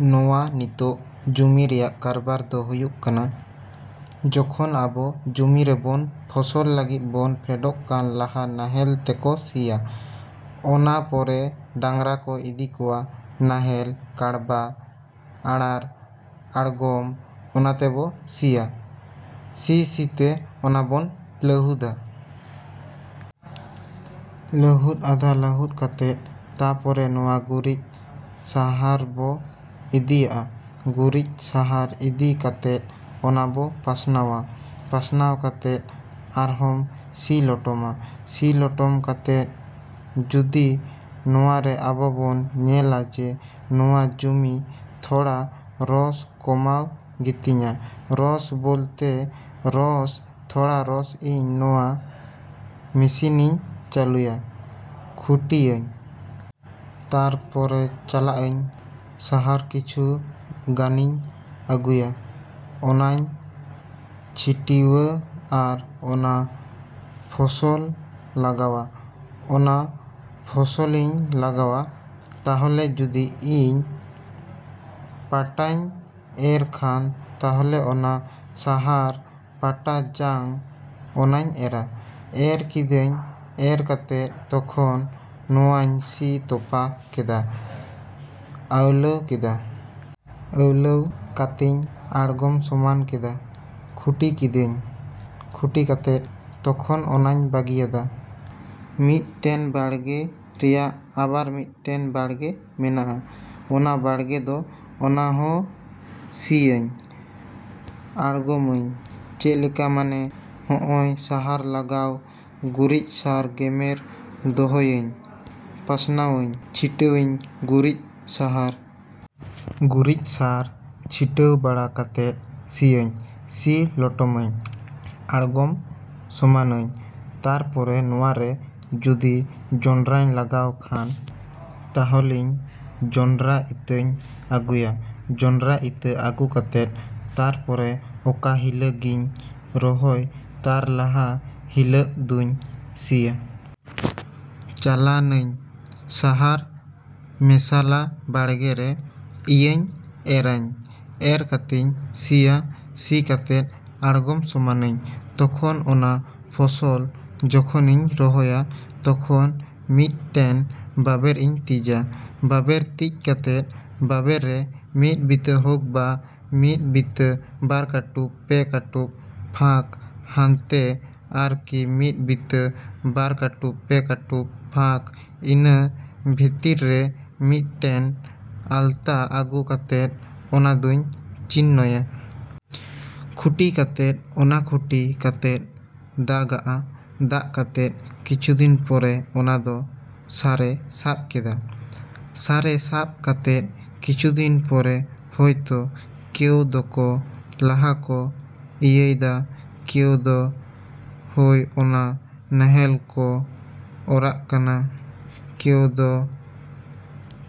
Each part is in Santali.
ᱱᱚᱣᱟ ᱱᱤᱛᱚᱜ ᱡᱚᱢᱤ ᱨᱮᱭᱟᱜ ᱠᱟᱨᱵᱟᱨᱫᱚ ᱦᱩᱭᱩᱜ ᱠᱟᱱᱟ, ᱡᱚᱠᱷᱚᱱ ᱟᱵᱚ ᱡᱚᱢᱤᱨᱮ ᱵᱚᱱ ᱯᱷᱚᱥᱚᱞ ᱞᱟᱹᱜᱤᱫ ᱵᱚᱱ ᱯᱷᱮᱰᱚᱜ ᱠᱷᱟᱱ ᱞᱟᱦᱟ ᱱᱟᱦᱮᱞᱛᱮ ᱠᱚ ᱥᱤᱭᱟ᱾ ᱚᱱᱟ ᱯᱚᱨᱮ ᱰᱟᱝᱨᱟ ᱠᱚ ᱤᱫᱤ ᱠᱚᱣᱟ, ᱱᱟᱦᱮᱞ, ᱠᱟᱬᱵᱟ, ᱟᱬᱟᱲ, ᱟᱲᱜᱚᱢ ᱚᱱᱟᱛᱮᱵᱚ ᱥᱤᱭᱟ᱾ ᱥᱤ ᱥᱤᱛᱮ ᱚᱱᱟᱵᱚᱱ ᱞᱟᱹᱦᱩᱫᱟ᱾ ᱞᱟᱹᱦᱩᱫ ᱟᱫᱷᱟ ᱞᱟᱹᱦᱩᱫ ᱠᱟᱛᱮᱫ ᱛᱟᱯᱚᱨᱮ ᱱᱚᱣᱟ ᱜᱩᱨᱤᱡ ᱥᱟᱦᱟᱨᱵᱚ ᱤᱫᱤᱭᱟᱜᱼᱟ᱾ ᱜᱩᱨᱤᱡ ᱥᱟᱦᱟᱨ ᱤᱫᱤ ᱠᱟᱛᱮᱫ ᱚᱱᱟᱵᱚ ᱯᱟᱥᱱᱟᱣᱟ᱾ ᱯᱟᱥᱱᱟᱣ ᱠᱟᱛᱮᱫ ᱟᱨᱦᱚᱢ ᱥᱤ ᱞᱚᱴᱚᱢᱟ᱾ ᱥᱤ ᱞᱚᱴᱚᱢ ᱠᱟᱛᱮᱫ ᱡᱚᱫᱤ ᱱᱚᱣᱟᱨᱮ ᱟᱵᱚ ᱵᱚᱱ ᱧᱮᱞᱟ ᱡᱮ ᱱᱚᱣᱟ ᱡᱚᱢᱤ ᱛᱷᱚᱲᱟ ᱨᱚᱥ ᱠᱚᱢᱟᱣ ᱜᱤᱛᱤᱧᱟ, ᱨᱚᱥ ᱵᱚᱞᱛᱮ ᱨᱚᱥ ᱛᱷᱚᱲᱟ ᱨᱚᱥ ᱤᱧ ᱱᱚᱣᱟ ᱢᱮᱥᱤᱱᱤᱧ ᱪᱟᱹᱞᱩᱭᱟ, ᱠᱷᱩᱴᱤᱭᱟᱹᱧ᱾ ᱛᱟᱨᱯᱚᱨᱮ ᱪᱟᱞᱟᱜᱼᱟᱹᱧ ᱥᱟᱦᱟᱨ ᱠᱤᱪᱷᱩ ᱜᱟᱱᱤᱧ ᱟᱹᱜᱩᱭᱟ, ᱚᱱᱟᱧ ᱪᱷᱤᱴᱤᱣᱟ ᱟᱨ ᱚᱱᱟ ᱯᱷᱚᱥᱚᱞ ᱞᱟᱜᱟᱣᱟ᱾ ᱚᱠᱟ ᱯᱷᱚᱥᱞᱤᱧ ᱞᱟᱜᱟᱣᱟ, ᱛᱟᱦᱚᱞᱮ ᱡᱩᱫᱤ ᱤᱧ ᱯᱟᱴᱟᱧ ᱮᱨ ᱠᱷᱟᱱ ᱛᱟᱦᱞᱮ ᱚᱱᱟ ᱥᱟᱦᱟᱨ ᱯᱟᱴᱟ ᱡᱟᱝ ᱚᱱᱟᱧ ᱮᱨᱟ᱾ ᱮᱨ ᱠᱮᱫᱟᱹᱧ, ᱮᱨ ᱠᱟᱛᱮᱫ ᱛᱚᱠᱷᱚᱱ ᱱᱚᱣᱟᱧ ᱥᱤ ᱛᱚᱯᱟ ᱠᱮᱫᱟ, ᱟᱹᱣᱞᱟᱹᱣ ᱠᱮᱫᱟ᱾ ᱟᱹᱣᱞᱟᱹᱣ ᱠᱟᱛᱮᱧ ᱟᱲᱜᱚᱢ ᱥᱚᱢᱟᱱ ᱠᱮᱫᱟ, ᱠᱷᱩᱴᱤ ᱠᱮᱫᱟᱹᱧ᱾ ᱠᱷᱩᱴᱤ ᱠᱟᱛᱮᱫ ᱛᱚᱠᱷᱚᱱ ᱚᱱᱟᱧ ᱵᱟᱹᱜᱤᱭᱟᱫᱟ᱾ ᱢᱤᱫᱴᱮᱱ ᱵᱟᱲᱜᱮ ᱨᱮᱭᱟᱜ ᱟᱵᱟᱨ ᱢᱤᱫᱴᱮᱱ ᱵᱟᱲᱜᱮ ᱢᱮᱱᱟᱜᱼᱟ᱾ ᱚᱱᱟ ᱵᱟᱲᱜᱮᱫᱚ ᱚᱱᱟᱦᱚᱸ ᱥᱤᱭᱟᱹᱧ, ᱟᱲᱜᱚᱢᱟᱹᱧ᱾ ᱪᱮᱫᱞᱮᱠᱟ ᱢᱟᱱᱮ ᱦᱚᱸᱜᱼᱚᱭ ᱥᱟᱦᱟᱨ ᱞᱟᱜᱟᱣ ᱜᱩᱨᱤᱡ ᱥᱟᱨ ᱜᱮᱢᱮᱨ ᱫᱚᱦᱚᱭᱟᱹᱧ, ᱯᱟᱥᱱᱟᱣᱟᱹᱧ, ᱪᱷᱤᱴᱟᱹᱣᱟᱹᱧ ᱜᱩᱨᱤᱡ ᱥᱟᱦᱟᱨ᱾ ᱜᱩᱨᱤᱡ ᱥᱟᱨ ᱪᱷᱤᱴᱟᱹᱣ ᱵᱟᱲᱟ ᱠᱟᱛᱮᱫ ᱥᱤᱭᱟᱹᱧ, ᱥᱤ ᱞᱚᱴᱚᱢᱟᱹᱧ, ᱟᱲᱜᱚᱢ ᱥᱚᱢᱟᱱᱟᱹᱧ᱾ ᱛᱟᱨᱯᱚᱨᱮ ᱱᱚᱣᱟᱨᱮ ᱡᱩᱫᱤ ᱡᱚᱸᱰᱨᱟᱧ ᱞᱟᱜᱟᱣ ᱠᱷᱟᱱ, ᱛᱟᱦᱚᱞᱮᱧ ᱡᱚᱸᱰᱨᱟ ᱤᱛᱟᱹᱧ ᱟᱹᱜᱩᱭᱟ᱾ ᱡᱚᱸᱰᱨᱟ ᱤᱛᱟᱹ ᱟᱹᱜᱩ ᱠᱟᱛᱮᱫ, ᱛᱟᱨᱯᱚᱨᱮ ᱚᱠᱟ ᱦᱤᱞᱟᱹᱜᱤᱧ ᱨᱚᱦᱚᱭ ᱛᱟᱨ ᱞᱟᱦᱟ ᱦᱤᱞᱟᱹᱜ ᱫᱚᱧ ᱥᱤᱭᱟ᱾ ᱪᱟᱞᱟᱱᱟᱹᱧ ᱥᱟᱦᱟᱨ ᱢᱮᱥᱟᱞᱟ ᱵᱟᱲᱜᱮᱨᱮ ᱤᱭᱟᱹᱧ ᱮᱨᱟᱧ᱾ ᱮᱨ ᱠᱟᱛᱮᱧ ᱥᱤᱭᱟ᱾ ᱥᱤ ᱠᱟᱛᱮᱫ ᱟᱲᱜᱚᱢ ᱥᱚᱢᱟᱱᱟᱹᱧ᱾ ᱛᱚᱠᱷᱚᱱ ᱚᱱᱟ ᱯᱷᱚᱥᱚᱞ ᱡᱚᱠᱷᱚᱱᱤᱧ ᱨᱚᱦᱚᱭᱟ ᱛᱚᱠᱷᱚᱱ ᱢᱤᱫᱴᱮᱱ ᱵᱟᱵᱮᱨ ᱤᱧ ᱛᱤᱡᱟ᱾ ᱵᱟᱵᱮᱨ ᱛᱤᱡ ᱠᱟᱛᱮᱫ ᱵᱟᱵᱮᱨ ᱨᱮ ᱢᱤᱫ ᱵᱤᱛᱟᱹ ᱦᱳᱠ ᱵᱟ ᱢᱤᱫ ᱵᱤᱛᱟᱹ ᱵᱟᱨ ᱠᱟᱹᱴᱩᱵ ᱯᱮ ᱠᱟᱹᱴᱩᱵ ᱯᱷᱟᱸᱠ ᱦᱟᱱᱛᱮ ᱟᱨᱠᱤ ᱢᱤᱫ ᱵᱤᱛᱟᱹ ᱵᱟᱨ ᱠᱟᱹᱴᱩᱵ ᱯᱮ ᱠᱟᱹᱴᱩᱵ ᱯᱷᱟᱸᱠ ᱤᱱᱟᱹ ᱵᱷᱤᱛᱤᱨ ᱨᱮ ᱢᱤᱫᱴᱮᱱ ᱟᱞᱛᱟ ᱟᱹᱜᱩ ᱠᱟᱛᱮᱫ ᱚᱱᱟᱫᱚᱧ ᱪᱤᱱᱱᱚᱭᱟ᱾ ᱠᱷᱩᱴᱤ ᱠᱟᱛᱮᱫ ᱚᱱᱟ ᱠᱷᱩᱴᱤ ᱠᱟᱛᱮᱫ ᱫᱟᱜᱟᱜᱼᱟ᱾ ᱫᱟᱜ ᱠᱟᱛᱮᱫ ᱠᱤᱪᱷᱩᱫᱤᱱ ᱯᱚᱨᱮ ᱚᱱᱟᱫᱚ ᱥᱟᱨᱮ ᱥᱟᱵ ᱠᱮᱫᱟ᱾ ᱥᱟᱨᱮ ᱥᱟᱵ ᱠᱟᱛᱮᱫ ᱠᱤᱪᱷᱩᱫᱤᱱ ᱯᱚᱨᱮ ᱦᱚᱭᱛᱚ ᱠᱮᱣ ᱫᱚᱠᱚ ᱞᱟᱦᱟᱠᱚ ᱤᱭᱟᱹᱭᱫᱟ᱾ ᱠᱮᱣᱫᱚ ᱦᱳᱭ ᱚᱱᱟ ᱱᱟᱦᱮᱞᱠᱚ ᱚᱨᱟᱜ ᱠᱟᱱᱟ᱾ ᱠᱮᱣᱫᱚ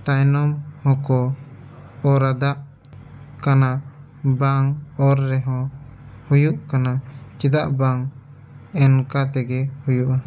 ᱛᱟᱭᱱᱚᱢ ᱦᱚᱸᱠᱚ ᱚᱨᱟᱫᱟᱜ ᱠᱟᱱᱟ ᱵᱟᱝ ᱚᱨ ᱨᱮᱦᱚᱸ ᱦᱩᱭᱩᱜ ᱠᱟᱱᱟ ᱪᱮᱫᱟᱜ ᱵᱟᱝ ᱮᱱᱠᱟ ᱛᱮᱜᱮ ᱦᱩᱭᱩᱜᱼᱟ᱾।